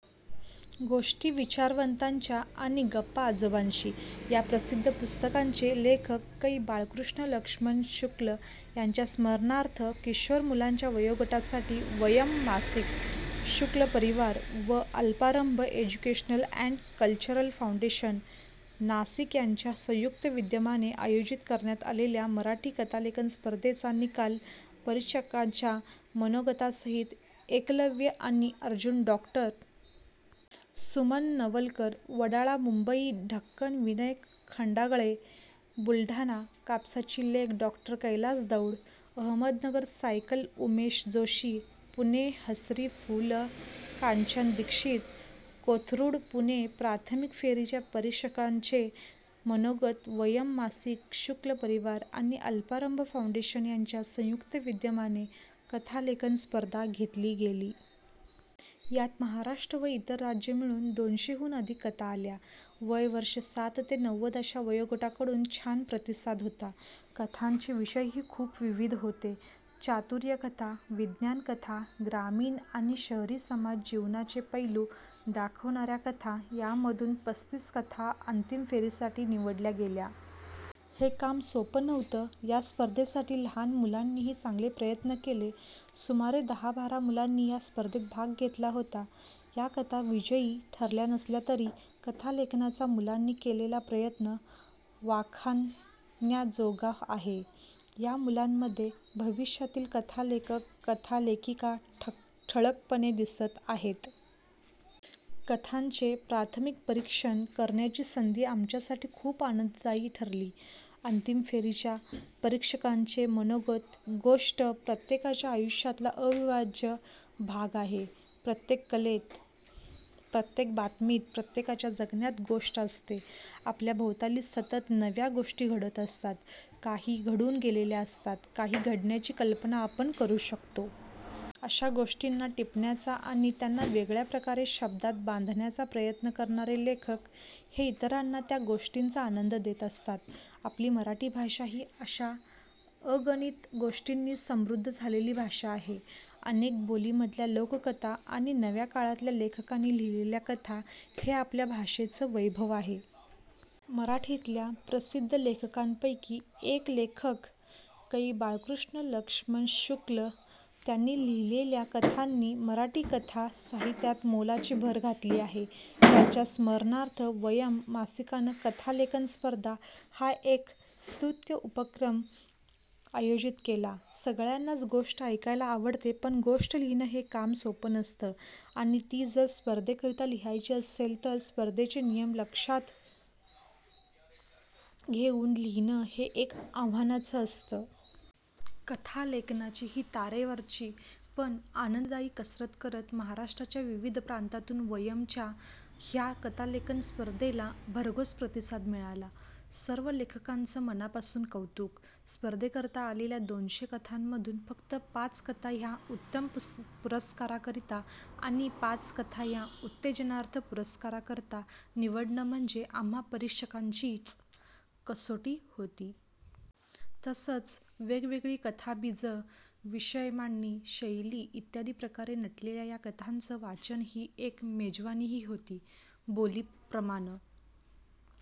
गोष्टी विचारवंतांच्या आणि गप्पा आजोबांशी या प्रसिद्ध पुस्तकांचे लेखक कै. बाळकृष्ण लक्ष्मण शुक्ल यांच्या स्मरणार्थ किशोर मुलांच्या वयोगटासाठी वयम् मासिक, शुक्ल परिवार व Alparambh educational and cultural foundation, Nashik यांच्या संयुक्त विद्यमाने आयोजित करण्यात आलेल्या मराठी कथालेखन स्पर्धेचा निकाल परीक्षकांच्या मनोगतासहित एकलव्य आणि अर्जुन डॉ. सुमन नवलकर, वडाळा मुंबई ढक्कन विनय खंडागळे, बुलढाणा कापसाची लेक डॉ. कैलास दौंड, अहमदनगर सायकल- उमेश जोशी, पुणे हसरी फुलं कांचन दीक्षित, कोथरूड पुणे प्राथमिक फेरीच्या परीक्षकांचे मनोगत वयम् मासिक, शुक्ल परिवार आणि अल्पारंभ फाऊंडेशन यांच्या संयुक्त विद्यमाने कथालेखन स्पर्धा घेतली गेली. यात महाराष्ट्र व इतर राज्य मिळून दोनशे हून अधिक कथा आल्या. वय वर्षे सात ते नव्वद अशा वयोगटाकडून छान प्रतिसाद होता. कथांचे विषयही खूप विविध होते. चातुर्य कथा, विज्ञान कथा, ग्रामीण आणि शहरी समाज जीवनाचे पैलू दाखवणाऱ्या कथा यांमधून पस्तीस कथा अंतिम फेरीसाठी निवडल्या गेल्या. हे काम सोपं नव्हतं. या स्पर्धेसाठी लहान मुलांनीही चांगले प्रयत्न केले. सुमारे दहा बारा मुलांनी या स्पर्धेत भाग घेतला होता. या कथा विजयी ठरल्या नसल्या तरी कथालेखनाचा मुलांनी केलेला प्रयत्न वाखाणण्याजोगा आहे. या मुलांमध्ये भविष्यातील कथालेखक कथालेखिका ठळकपणे दिसत आहेत. कथांचे प्राथमिक परीक्षण करण्याची संधी आमच्यासाठी खूप आनंददायी ठरली. अंतिम फेरीच्या परीक्षकांचे मनोगत गोष्ट प्रत्येकाच्या आयुष्यातला अविभाज्य भाग आहे. प्रत्येक कलेत, प्रत्येक बातमीत, प्रत्येकाच्या जगण्यात गोष्ट असते. आपल्या भोवताली सतत नव्या गोष्टी घडत असतात, काही घडून गेलेल्या असतात, काही घडण्याची कल्पना आपण करू शकतो. अशा गोष्टींना टिपण्याचा आणि त्यांना वेगळ्या प्रकारे शब्दांत बांधण्याचा प्रयत्न करणारे लेखक हे इतरांना त्या गोष्टींचा आनंद देत असतात. आपली मराठी भाषा ही अशा अगणित गोष्टींनी समृद्ध झालेली भाषा आहे. अनेक बोलींमधल्या लोककथा आणि नव्या काळातल्या लेखकांनी लिहिलेल्या कथा, हे आपल्या भाषेचं वैभव आहे. मराठीतल्या प्रसिद्ध लेखकांपैकी एक लेखक कै. बाळकृष्ण लक्ष्मण शुक्ल. त्यांनी लिहिलेल्या कथांनी मराठी कथा साहित्यात मोलाची भर घातली आहे. त्यांच्या स्मरणार्थ वयम् मासिकानं कथालेखन स्पर्धा हा एक स्तुत्य उपक्रम आयोजित केला. सगळ्यांनाच गोष्ट ऐकायला आवडते, पण गोष्ट लिहिणं हे काम सोपं नसतं आणि ती जर स्पर्धेकरिता लिहायची असेल, तर स्पर्धेचे नियम लक्षात घेऊन लिहिणं हे एक आव्हानच असतं. कथालेखनाची ही तारेवरची, पण आनंददायी कसरत करत महाराष्ट्राच्या विविध प्रांतांतून वयम च्या ह्या कथालेखन स्पर्धेला भरघोस प्रतिसाद मिळाला. सर्व लेखकांचं मनापासून कौतुक. स्पर्धेकरता आलेल्या दोनशे कथांमधून फक्त पाच कथा ह्या उत्तम पुरस्काराकरिता आणि पाच कथा ह्या उत्तेजनार्थ पुरस्काराकरता निवडणं म्हणजे आम्हा परीक्षकांचीच कसोटी होती. तसंच वेगवेगळी कथाबीजं, विषय, मांडणी, शैली इत्यादी प्रकारे नटलेल्या ह्या कथांचं वाचन ही एक मेजवानीही होती. बोली, प्रमाण